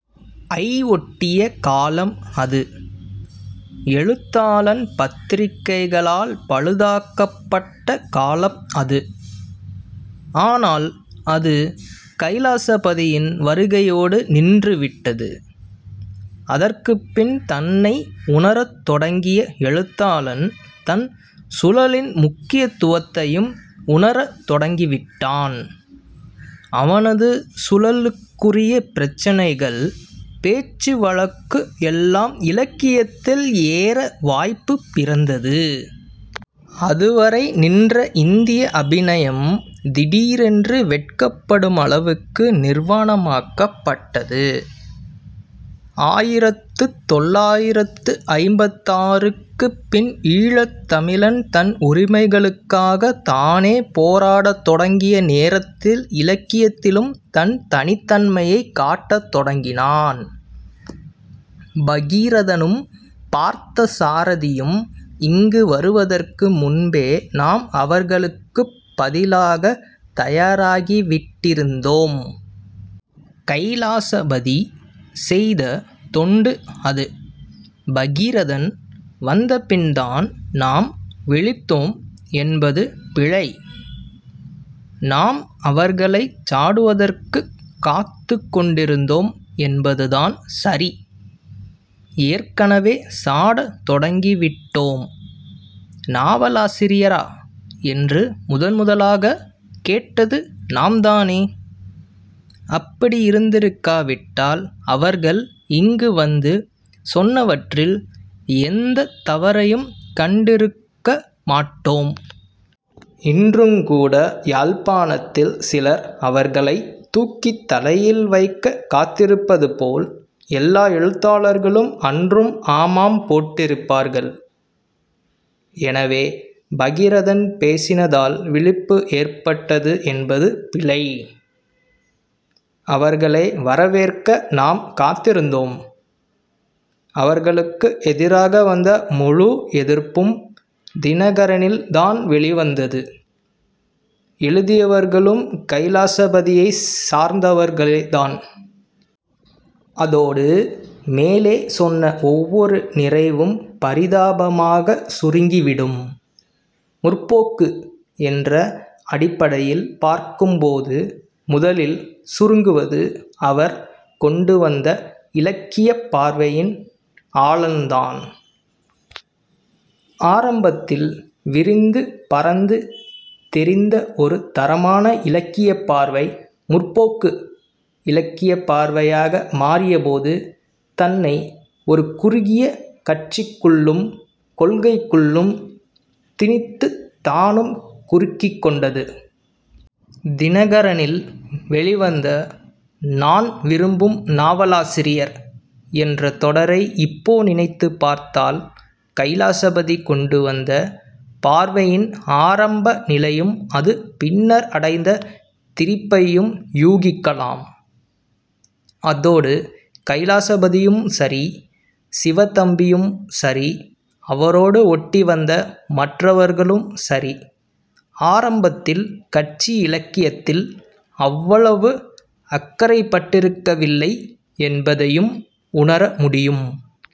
ஐ ஒட்டிய காலம் அது. எழுத்தாளன் பத்திரிகைகளால் பழுதாக்கப்பட்ட காலம் அது. ஆனால் அது கைலாசபதியின் வருகையோடு நின்றுவிட்டது. அதற்குப்பின் தன்னை உணரத் தொடங்கிய எழுத்தாளன் தன் சூழலின் முக்கியத்துவத்தையும் உணரத் தொடங்கிவிட்டான். அவனது சூழலுக்குரிய பிரச்சினைகள், பேச்சு வழக்கு எல்லாம் இலக்கியத்தில் ஏற வாய்ப்பு பிறந்தது. அதுவரை நின்ற இந்திய அபிநயம் திடீரென்று வெட்கப்படுமளவுக்கு நிர்வாணமாக்கப்பட்டது. ஆயிரத்து தொள்ளாயிரத்து ஐம்பத்தாறு-க்குப் பின் ஈழத் தமிழன் தன் உரிமைகளுக்காகத் தானே போராடத் தொடங்கிய நேரத்தில் இலக்கியத்திலும் தன் தனித்தன்மையைக் காட்டத் தொடங்கினான். பகீரதனும் பார்த்தசாரதியும் இங்கு வருதற்கு முன்பே நாம் அவர்களுக்குப் பதிலளிக்கத் தயாராகிவிட்டிருந்தோம். கைலாசபதி செய்த தொண்டு அது. பகீரதன் வந்தபின்தான் நாம் விழித்தோம் என்பது பிழை. நாம் அவர்களைச் சாடுவதற்குக் காத்துக் கொண்டிருந்தோம் என்பதுதான் சரி. ஏற்கனவே சாடத் தொடங்கிவிட்டோம். நாவலாசிரியரா?' என்று முதன்முதலாகக் கேட்டது நாம்தானே? அப்படி இருந்திருக்காவிட்டால் அவர்கள் இங்கு வந்து சொன்னவற்றில் எந்தத் தவறையும் கண்டிருக்க மாட்டோம். இன்றுங்கூட யாழ்ப்பாணத்தில் சிலர் அவர்களைத் தூக்கித் தலையில் வைக்கக் காத்திருப்பதுபோல் எல்லா எழுத்தாளர்களும் அன்றும் ஆமாம் போட்டிருப்பார்கள். எனவே, பகீரதன் பேசினதால் விழிப்பு ஏற்பட்டது என்பது பிழை. அவர்களை 'வரவேற்க' நாம் காத்திருந்தோம். அவர்களுக்கு எதிராக வந்த முழு எதிர்ப்பும் 'தினகரனி'ல் தான் வெளிவந்தது. எழுதியவர்களும் கைலாசபதியைச் சார்ந்தவர்களேதான். அதோடு மேலே சொன்ன ஒவ்வொரு நிறைவும் பரிதாபமாகச் சுருங்கிவிடும். 'முற்போக்கு' என்ற அடிப்படையில் பார்க்கும்போது முதலில் சுருங்குவது அவர் கொண்டுவந்த இலக்கியப் பார்வையின் ஆழந்தான். ஆரம்பத்தில் விரிந்து பரந்து தெரிந்த ஒரு தரமான இலக்கியப் பார்வை 'முற்போக்கு' இலக்கியப் பார்வையாக மாறியபோது தன்னை ஒரு குறுகிய கட்சிக்குள்ளும் கொள்கைக்குள்ளும் திணித்துத் தானும் குறுகிக்கொண்டது. 'தினகரனி'ல் வெளிவந்த 'நான் விரும்பும் நாவலாசிரியர்' என்ற தொடரை இப்போ நினைத்துப் பார்த்தால் கைலாசபதி கொண்டுவந்த பார்வையின் ஆரம்ப நிலையையும் அது பின்னர் அடைந்த திரிபையும் யூகிக்கலாம். அதோடு, கைலாசபதியும் சரி, சிவத்தம்பியும் சரி, அவரோடு ஒட்டிவந்த மற்றவர்களும் சரி, ஆரம்பத்தில் கட்சி இலக்கியத்தில் அவ்வளவு அக்கறைப்பட்டிருக்கவில்லை என்பதையும் உணர முடியும்.